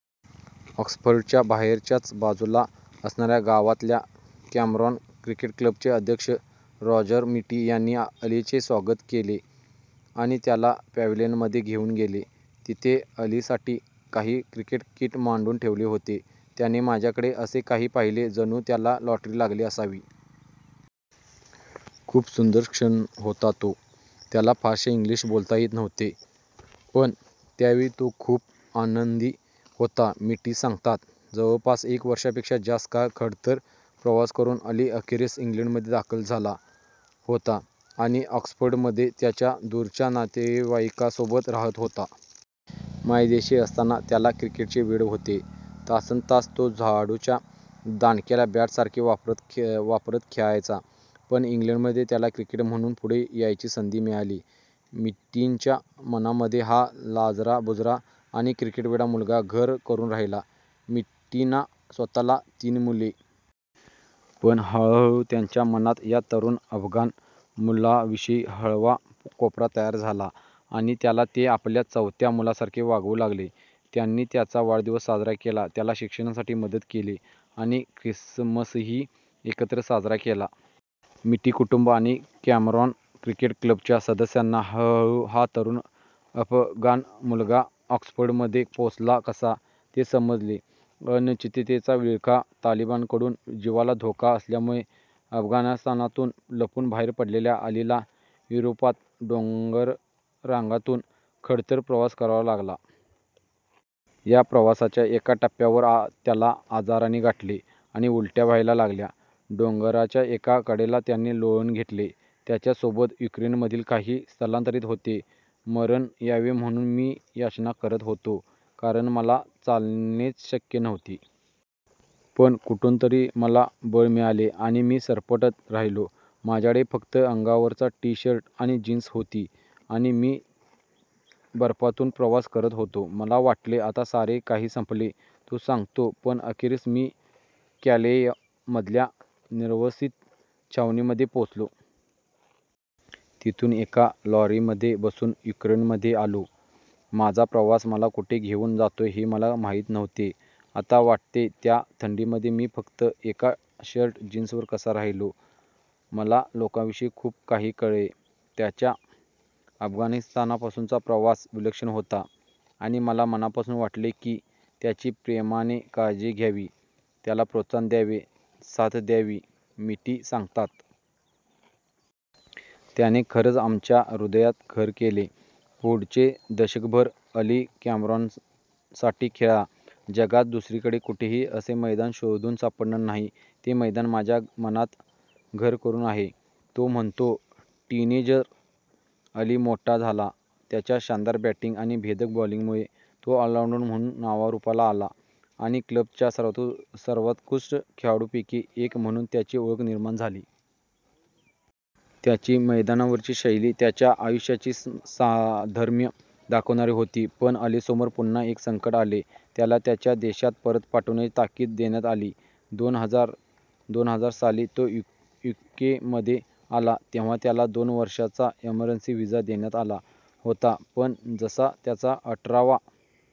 ऑक्सफर्डच्या बाहेरच्याच बाजूला असणाऱ्या गावातल्या कमनॉर क्रिकेट क्लबचे अध्यक्ष रॉजर मिटी यांनी अलीचे स्वागत केले आणि त्याला पॅव्हेलियनमध्ये घेऊन गेले. तिथे अलीसाठी काही क्रिकेट किट मांडून ठेवले होते. त्याने माझ्याकडे असे काही पाहिले जणू त्याला लॉटरी लागली असावी. खूप सुंदर क्षण होता तो. त्याला फारसे इंग्लिश बोलता येत नव्हते, पण त्यावेळी तो खूप आनंदी होता, मिटी सांगतात. जवळपास एक वर्षापेक्षा जास्त काळ खडतर प्रवास करून अली अखेरीस इंग्लंडमध्ये दाखल झाला होता आणि ऑक्सफर्डमध्ये त्याच्या दूरच्या नातेवाईकासोबत राहत होता. मायदेशी असताना त्याला क्रिकेटचे वेड होते. तासनतास तो झाडूच्या दांडक्याला बॅटसारखे वापरत खेळायचा. पण इंग्लंडमध्ये त्याला क्रिकेटर म्हणून पुढे यायची संधी मिळाली. मिटींच्या मनामध्ये हा लाजराबुजरा आणि 'क्रिकेटवेडा' मुलगा घर करून राहिला. मिटींना स्वतःला तीन मुले. पण हळूहळू त्यांच्या मनात या तरुण अफगाण मुलाविषयी हळवा कोपरा तयार झाला आणि त्याला ते आपल्या चौथ्या मुलासारखे वागवू लागले. त्यांनी त्याचा वाढदिवस साजरा केला, त्याला शिक्षणासाठी मदत केली आणि ख्रिसमसही एकत्र साजरा केला. मिटी कुटुंब आणि कमनॉर क्रिकेट क्लबच्या सदस्यांना हळूहळू हा तरुण अफगाण मुलगा ऑक्सफर्डमध्ये पोहोचला कसा, ते समजले. अनिश्चिततेचा विळखा - तालिबानकडून जीवाला धोका असल्यामुळे अफगाणिस्तानातून लपून बाहेर पडलेल्या अलीला युरोपात डोंगररांगांतून खडतर प्रवास करावा लागला. या प्रवासाच्या एका टप्प्यावर त्याला आजाराने गाठले आणि उलट्या व्हायला लागल्या. डोंगराच्या एका कडेला त्याने लोळण घेतले. त्याच्या सोबत युक्रेनमधील काही स्थलांतरित होते. मरण यावे म्हणून मी याचना करत होतो, कारण मला चालणेच शक्य नव्हते. पण कुठूनतरी मला बळ मिळाले आणि मी सरपटत राहिलो. माझ्याकडे फक्त अंगावरचा शर्ट आणि जीन्स होती आणि मी बर्फातून प्रवास करत होतो. मला वाटले आता सारे काही संपले, तो सांगतो. पण अखेरीस मी कॅलेय मधल्या निर्वासित छावणीमध्ये पोहोचलो. तिथून एका लॉरीमध्ये बसून युकेमध्ये आलो. माझा प्रवास मला कुठे घेऊन जातोय हे मला माहित नव्हते. आता वाटते त्या थंडीमध्ये मी फक्त एका शर्ट-जीन्सवर कसा राहिलो? मला लोकांविषयी खूप काही कळले. त्याचा अफगाणिस्तानपासूनचा प्रवास विलक्षण होता आणि मला मनापासून वाटले की त्याची प्रेमाने काळजी घ्यावी, त्याला प्रोत्साहन द्यावे, साथ द्यावी, मिटी सांगतात. त्याने खरंच आमच्या हृदयात घर केले. पुढचे दशकभर अली कमनॉरसाठी खेळला. जगात दुसरीकडे कुठेही असे मैदान शोधून सापडणार नाही, ते मैदान माझ्या मनात घर करून आहे, तो म्हणतो. टीनेजर अली मोठा झाला. त्याच्या शानदार बॅटिंग आणि भेदक बॉलिंगमुळे तो ऑलराऊंडर म्हणून नावारूपाला आला आणि क्लबच्या सर्वोत्कृष्ट खेळाडूंपैकी एक म्हणून त्याची ओळख निर्माण झाली. त्याची मैदानावरची शैली त्याच्या आयुष्याशी साधर्म्य दाखवणारी होती. पण अलीसमोर पुन्हा एक संकट आले. त्याला त्याच्या देशात परत पाठवण्याची ताकीद देण्यात आली. दोन हजार दोन साली तो युकेमध्ये आला तेव्हा त्याला दोन वर्षांचा इमर्जन्सी व्हिसा देण्यात आला होता. पण जसा त्याचा अठरावा